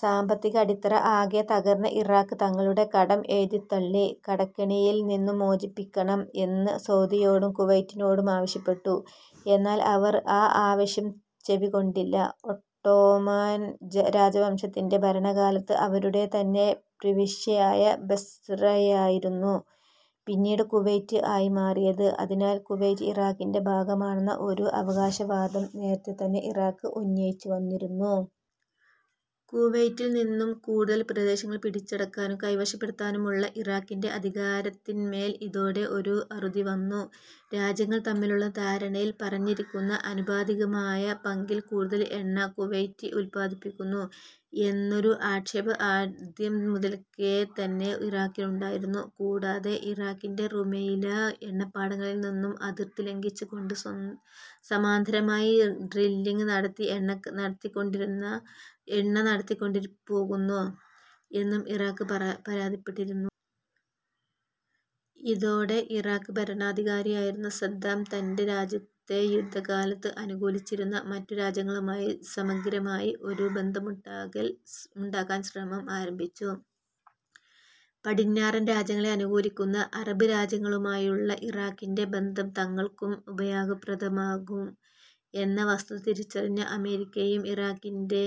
സാമ്പത്തിക അടിത്തറ ആകെ തകർന്ന ഇറാഖ് തങ്ങളുടെ കടം എഴുതിത്തള്ളി കടക്കെണിയിൽ നിന്നും മോചിപ്പിക്കണം എന്ന് സൗദിയോടും കുവൈറ്റിനോടും ആവശ്യപ്പെട്ടു. എന്നാൽ അവർ ആ ആവശ്യം ചെവിക്കൊണ്ടില്ല. ഒട്ടോമാൻ രാജവംശത്തിന്റെ ഭരണകാലത്ത് അവരുടെതന്നെ പ്രവിശ്യയായ ബസ്രയായിരുന്നു പിന്നീട് കുവൈറ്റ് ആയി മാറിയത്. അതിനാൽ കുവൈറ്റ് ഇറാഖിന്റെ ഭാഗമാണെന്ന ഒരു അവകാശംവാദം നേരതെതന്നെ ഇറാഖ് ഉന്നയിച്ചുവന്നിരുന്നു. കുവൈറ്റിൽനിന്നും കൂടുതൽ പ്രദേശങ്ങൾ പിടിച്ചടക്കാനും കൈവശപ്പെടുത്താനുമുള്ള ഇറാഖിന്റെ അധികാരത്തിന്മേൽ ഇതോടെ ഒരു അറുതിവന്നു. രാജ്യങ്ങൾ തമ്മിലുള്ള ധാരണയിൽ പറഞ്ഞിരിക്കുന്ന ആനുപാതികമായ പങ്കിൽ കൂടുതൽ എണ്ണ കുവൈറ്റ് ഉൽപ്പാദിപ്പിക്കുന്നു എന്നൊരു ആക്ഷേപം ആദ്യം മുതൽക്കേതന്നെ ഇറാഖിനുണ്ടായിരുന്നു. കൂടാതെ, ഇറാഖിന്റെ റുമൈല എണ്ണപ്പാടങ്ങളിൽനിന്നും അതിർത്തി ലംഘിച്ചുകൊണ്ട് സമാന്തരമായി ഡ്രില്ലിംഗ് നടത്തി എണ്ണ കടത്തിക്കൊണ്ടുപോകുന്നു എന്നും ഇറാഖ് പരാതിപ്പെട്ടിരുന്നു. ഇതോടെ ഇറാഖ് ഭരണാധികാരിയായിരുന്ന സദ്ദാം തൻറെ രാജ്യത്തെ യുദ്ധകാലത്ത് അനുകൂലിച്ചിരുന്ന മറ്റു രാജ്യങ്ങളുമായി സമഗ്രമായി ഒരു ബന്ധമുണ്ടാക്കാൻ ശ്രമം ആരംഭിച്ചു. പടിഞ്ഞാറൻ രാജ്യങ്ങളെ അനുകൂലിക്കുന്ന അറബ് രാജ്യങ്ങളുമായുള്ള ഇറാഖിന്റെ ബന്ധം തങ്ങൾക്കും ഉപയോഗപ്രദമാകും എന്ന വസ്തുത തിരിച്ചറിഞ്ഞ അമേരിക്കയും ഇറാഖിന്റെ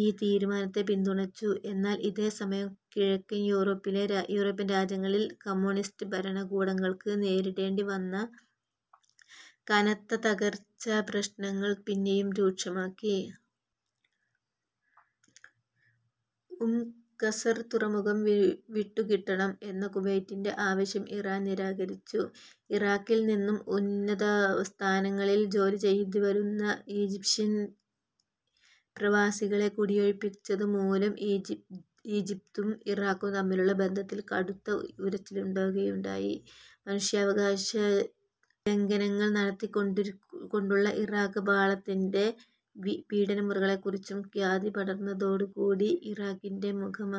ഈ തീരുമാനത്തെ പിന്തുണച്ചു. എന്നാൽ ഇതേ സമയം കിഴക്കൻ യൂറോപ്യൻ രാജ്യങ്ങളിൽ കമ്മ്യൂണിസ്റ്റ് ഭരണകൂടങ്ങൾക്ക് നേരിടേണ്ടിവന്ന കനത്ത തകർച്ച പ്രശ്നങ്ങൾ പിന്നെയും രൂക്ഷമാക്കി. ഉം-ഖസർ തുറമുഖം വിട്ടുകിട്ടണം എന്ന കുവൈറ്റിന്റെ ആവശ്യം ഇറാൻ നിരാകരിച്ചു. ഇറാഖിൽ നിന്നും ഉന്നതസ്ഥാനങ്ങളിൽ ജോലിചെയ്തുവന്നിരുന്ന ഈജിപ്ഷ്യൻ പ്രവാസികളെ കുടിയൊഴിപ്പിച്ചതുമൂലം ഈജിപ്തും ഇറാഖും തമ്മിലുള്ള ബന്ധത്തിൽ കടുത്ത ഉലച്ചിലുകലുണ്ടായി. മനുഷ്യാവകാശലംഘനങ്ങൾ നടത്തിക്കൊണ്ടുള്ള ഇറാഖ് പട്ടാളത്തിന്റെ പീഡനമുറകളെക്കുറിച്ചും ഖ്യാതി പടർന്നതോടുകൂടി ഇറാഖിന്റെ മുഖം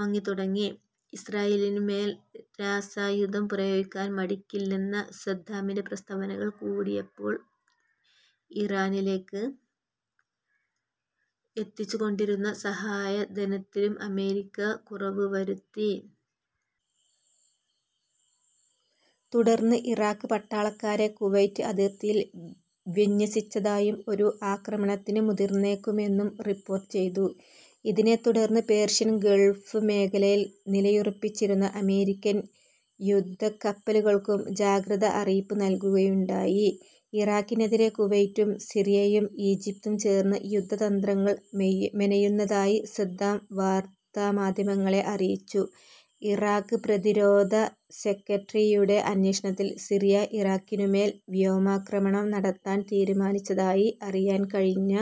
മങ്ങിത്തുടങ്ങി. ഇസ്രയേലിനുമേൽ രാസായുധം പ്രയോഗിക്കാൻ മടിക്കില്ലെന്ന സദ്ദാമിന്റെ പ്രസ്താവനകൂടിയായപ്പോൾ ഇറാഖിലേക്ക് എത്തിച്ചുകൊണ്ടിരുന്ന സഹായധനത്തിലും അമേരിക്ക കുറവുവരുത്തി. തുടർന്ന് ഇറാഖ് പട്ടാളക്കാരെ കുവൈറ്റ് അതിർത്തിയിൽ വിന്യസിച്ചതായും, ഒരു ആക്രമണത്തിന് മുതിർന്നേക്കുമെന്നും റിപ്പോർട്ട് ചെയ്തു. ഇതിനെത്തുടർന്ന് പേർഷ്യൻ ഗൾഫ് മേഖലയിൽ നിലയുറപ്പിച്ചിരുന്ന അമേരിക്കൻ യുധക്കപ്പലുകൾക്കും ജാഗ്രത അറിയിപ്പ് നൽകുകയുണ്ടായി. ഇറാഖിനെതിരെ കുവൈറ്റും സിറിയയും ഈജിപ്തും ചേർന്ന് യുദ്ധതന്ത്രങ്ങൾ മെനയുന്നതായി സദ്ദാം വാർത്താമാധ്യമങ്ങളെ അറിയിച്ചു. ഇറാഖ് പ്രധിരോധ സെക്രട്ടറിയുടെ അന്വേഷണത്തിൽ സിറിയ ഇറാഖിനുമേൽ വ്യോമാക്രമണം നടത്താൻ തീരുമാനിച്ചതായി അറിയാൻകഴിഞ്ഞ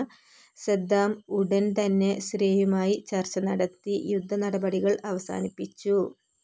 സദ്ദാം ഉടൻതന്നെ സിറിയയുമായി ചർച്ചനടത്തി യുദ്ധനടപടികൾ അവസാനിപ്പിച്ചു.